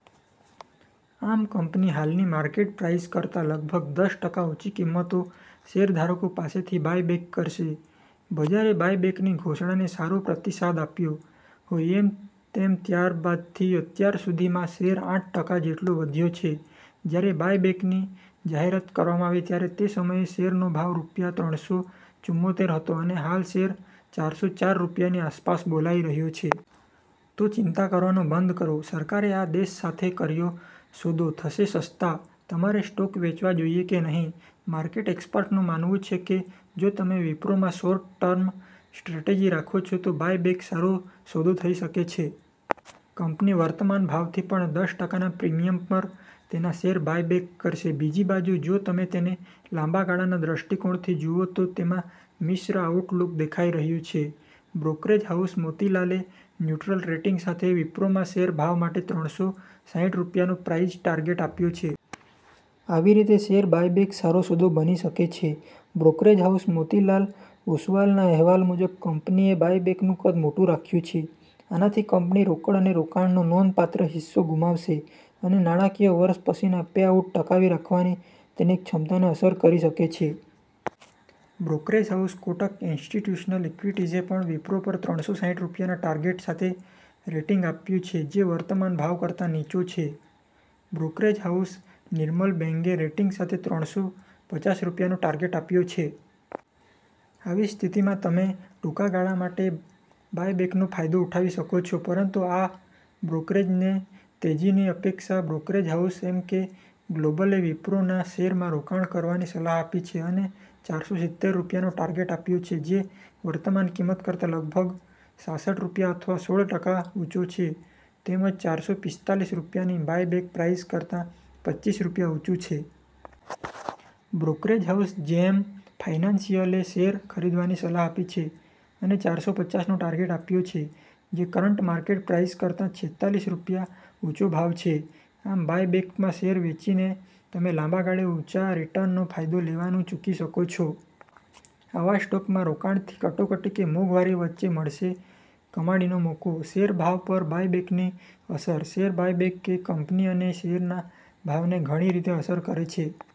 આમ કંપની હાલની market price કરતા લગભગ દસ ટકા ઉંચી કિંમતો શેરધારકો પાસેથી બાયબેક કરશે. બજારે બાયબેકની ઘોષણાને સારો પ્રતિસાદ આપ્યો હોય તેમ ત્યારબાદથી અત્યાર સુધીંમાં શેર આઠ ટકા જેટલો વધ્યો છે. જ્યારે બાયબેકની જાહેરાત કરવામાં આવી ત્યારે તે સમયે શેરનો ભાવ રૂપિયા ત્રણસો ચુમોતેર હતો અને હાલ શેર ચારસો ચાર રૂપિયાની આસપાસ બોલાઇ રહ્યો છે. તો ચિંતા કરવાનું બંધ કરો, સરકારે આ દેશ સાથે કર્યો સોદો, થશે સસ્તા! તમારે સ્ટોક વેચવા જોઈએ કે નહીં, માર્કેટ એક્સપર્ટ્સનું માનવું છે કે જો તમે વિપ્રોમાં શોર્ટ ટર્મ સ્ટ્રેટેજી રાખો છો તો બાયબેક સારો સોદો થઈ શકે છે. કંપની વર્તમાન ભાવથી પણ દસ ટકાના પ્રીમિયમ પર તેના શેર બાયબેક કરશે. બીજી બાજુ, જો તમે તેને લાંબા ગાળાના દ્રષ્ટિકોણથી જુઓ, તો તેમાં મિશ્ર આઉટલૂક દેખાઇ રહ્યું છે. બ્રોકરેજ હાઉસ મોતીલાલે ન્યુ્ટ્રલ રેટિંગ સાથે વિપ્રોના શેર ભાવ માટે ત્રણસો સાઈઠ રૂપિયાનો પ્રાઇસ ટાર્ગેટ આપ્યો છે. આવી રીતે શેર બાયબેક સારો સોદો બની શકે છે. બ્રોકરેજ હાઉસ મોતીલાલ ઓસવાલના અહેવાલ મુજબ, કંપનીએ બાયબેકનું કદ મોટું રાખ્યું છે. આનાથી કંપની રોકડ અને રોકાણનો નોંધપાત્ર હિસ્સો ગુમાવશે અને નાણાંકીય વર્ષ પછીના પેઆઉટને ટકાવી રાખવાની તેની ક્ષમતાને અસર કરી શકે છે. બ્રોકરેજ હાઉસ કોટક ઇન્સ્ટિટ્યૂશનલ ઇક્વિટીઝે પણ વિપ્રો પર ત્રણસો સાઈઠ રૂપિયાના ટાર્ગેટ સાથે રેટિંગ આપ્યુ છે, જે વર્તમાન ભાવ કરતાં નીચો છે. બ્રોકરેજ હાઉસ નિર્મલ બેંગે રેટિંગ સાથે ત્રણસો પચાસ રૂપિયાનો ટાર્ગેટ આપ્યો છે. આવી સ્થિતિમાં તમે ટૂંકા ગાળા માટે બાયબેકનો ફાયદો ઉઠાવી શકો છો. પરંતુ આ બ્રોકરેજને તેજીની અપેક્ષા બ્રોકરેજ હાઉસ એમકે ગ્લોબલે વિપ્રોના શેરમાં રોકાણ કરવાની સલાહ આપી છે અને ચારસો સિત્તેર રૂપિયાનો ટાર્ગેટ આપ્યો છે, જે વર્તમાન કિંમત કરતાં લગભગ છાસઠ રૂપિયા અથવા સોળ ટકા ઉંચો છે તેમજ ચારસો પિસ્તાલીસ રૂપિયાની બાયબેક પ્રાઇસ કરતાં પચ્ચીસ રૂપિયા ઉંચુ છે. બ્રોકરેજ હાઉસ જેએમ ફાઇનાન્શિયલએ શેર ખરીદવાની સલાહ આપી છે અને ચારસો પચાસનો ટાર્ગેટ આપ્યો છે, જે કરન્ટ માર્કેટ પ્રાઇસ કરતા છેતાલીસ રૂપિયા ઉંચો ભાવ છે. આમ બાયબેકમાં શેર વેચીને તમે લાંબા ગાળે ઊંચા રિટર્નનો ફાયદો લેવાનું ચૂકી શકો છો. આવા સ્ટોકમાં રોકાણથી કટોકટી કે મોંઘવારી વચ્ચે મળશે કમાણીનો મોકો. શેર ભાવ પર બાયબેકની અસર, શેર બાયબેક એ કંપની અને શેરના ભાવને ઘણી રીતે અસર કરે છે.